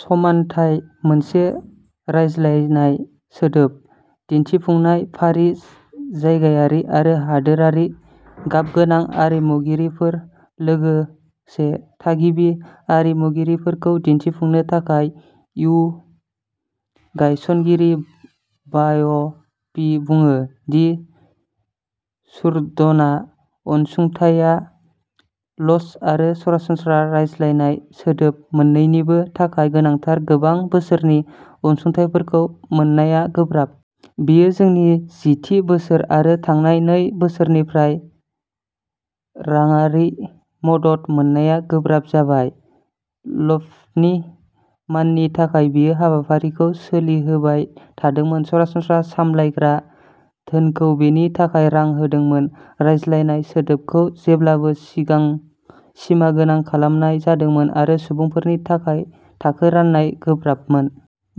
समानथाय -मोनसे रायज्लायजानाय सोदोब दिन्थिफुंनाय फारि-जायगायारि आरो हादोरारि गाबगोनां आरिमुगिरिफोर, लोगोसे थागिबि आरिमुगिरिफोरखौ दिन्थिफुंनो थाखाय। इक्यु गायसनगिरि बाअ'फि बुङो दि सुरदना अनसुंथाइआ लफ्ट आरो सरासनस्रा रायज्लायजानाय सोदोब मोन्नैनिबो थाखाय गोनांथार। गोबां बोसोरनि अनसुंथाइफोरखौ मोननाया गोब्राब। बेयो जोंनि जिथि बोसोर आरो थांनाय नै बोसोरनिफ्राय राङारि मदद मोन्नाया गोब्राब जाबाय। लफ्टनि माननि थाखाय बेयो हाबाफारिखौ सोलिहोबाय थादोंमोन, सरासनस्रा सामलायग्रा धोनजों बेनि थाखाय रां होदोंमोन। रायज्लायजानाय सोदोबखौ जेब्लाबो सिमागोनां खालामनाय जादोंमोन, आरो सुबुंफोरनि थाखाय थाखो राननाया गोब्राबमोन।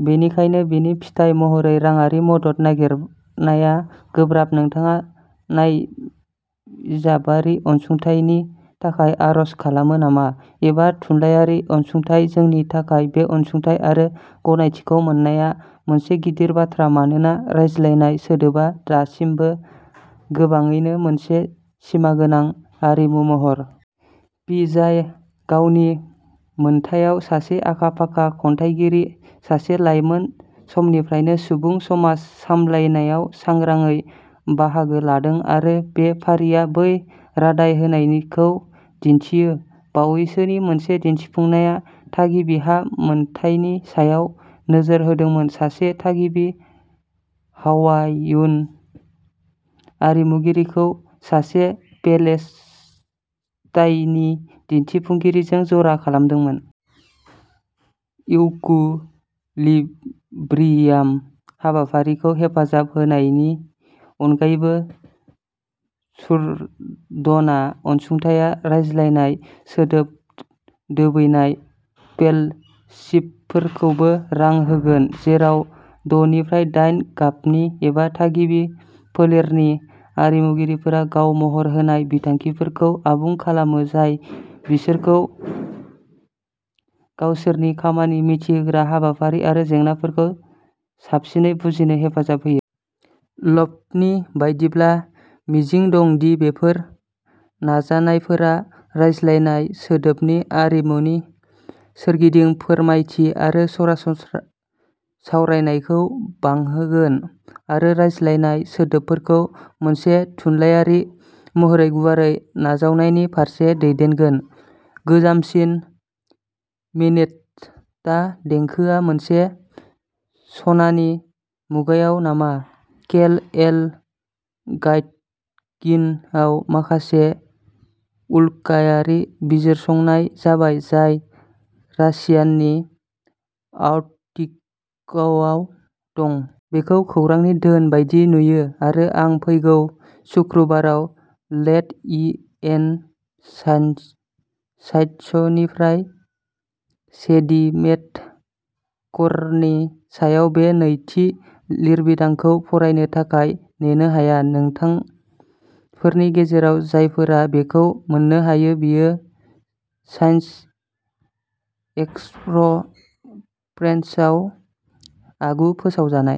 बेनिखायनो बेनि फिथाय महरै राङारि मदद नागिरनाया गोब्राब-नोंथाङा नायजाबारि अनसुंथाइनि थाखाय आर'ज खालामो नामा? एबा थुनलाइआरि अनसुंथाइ? जोंनि थाखाय बे अनसुंथाइ आरो गनायथिखौ मोननाया मोनसे गिदिर बाथ्रा, मानोना रायज्लायजानाय सोदोबआ दासिमबो गोबाङैनो मोनसे सिमागोनां आरिमु महर। फि, जाय गावनि मोनथायाव सासे आखा-फाखा खन्थाइगिरि, सासे लाइमोन समनिफ्रायनो सुबुं समाज सामलायनायाव सांग्राङै बाहागो लादों, आरो बे फारिआ बै रादाय होनायखौ दिन्थियो। बावैसोनि मोनसे दिन्थिफुंनाया थागिबि हा मोनथायनि सायाव नोजोर होदोंमोन, सासे थागिबि हावाइयन आरिमुगिरिखौ सासे पेलेस्टाइनी दिन्थिफुंगिरिजों जरा खालामदोंमोन। इकुइलिब्रियाम हाबाफारिखौ हेफाजाब होनायनि अनगायैबो, सुरदना अनसुंथाइआ रायज्लायजानाय सोदोब दोबैनाय फेल'शिपफोरखौबो रां होगोन, जेराव द'निफ्राय दाइन गाबनि एबा थागिबि फोलेरनि आरिमुगिरिफोरा गाव-महर होनाय बिथांखिफोरखौ आबुं खालामो जाय बिसोरखौ गावसोरनि खामानिखौ मिथिहोग्रा हारिफोर आरो जेंनाफोरखौ साबसिनै बुजिनो हेफाजाब होयो। लफ्टनि बायदिब्ला, मिजिं दं दि बेफोर नाजानायफोरा रायज्लायजानाय सोदोबनि आरिमुनि सोरगिदिं फोरमायथि आरो सावरायनायखौ बांहोगोन, आरो रायज्लायजानाय सोदोबखौ मोनसे थुनलायारि महरै गुवारै नाजावनायनि फारसे दैदेनगोन। 'गोजामसिन मिनेस'टा देंखोआ मोनसे सनानि मुगायाव नामा? लेक एल'गाइटगिन आव माखासे "उल्काआरि बिजिरसंनाय" जाबाय, जाय रासियानि आर्कटिकआव दं। बेखौ खौरांनि धोन बायदि नुयो आरो आं फैगौ सुक्रुबाराव लेक इ इन साइन्सनिफ्राय सेडिमेन्ट क'रनि सायाव बे नैथि लिरबिदांखौ फरायनो थाखाय नेनो हाया। नोंथांफोरनि गेजेराव जायफोरा बेखौ मोन्नो हायो, बेयो साइन्स एक्सप्रेसआव आगु-फोसावजानाय।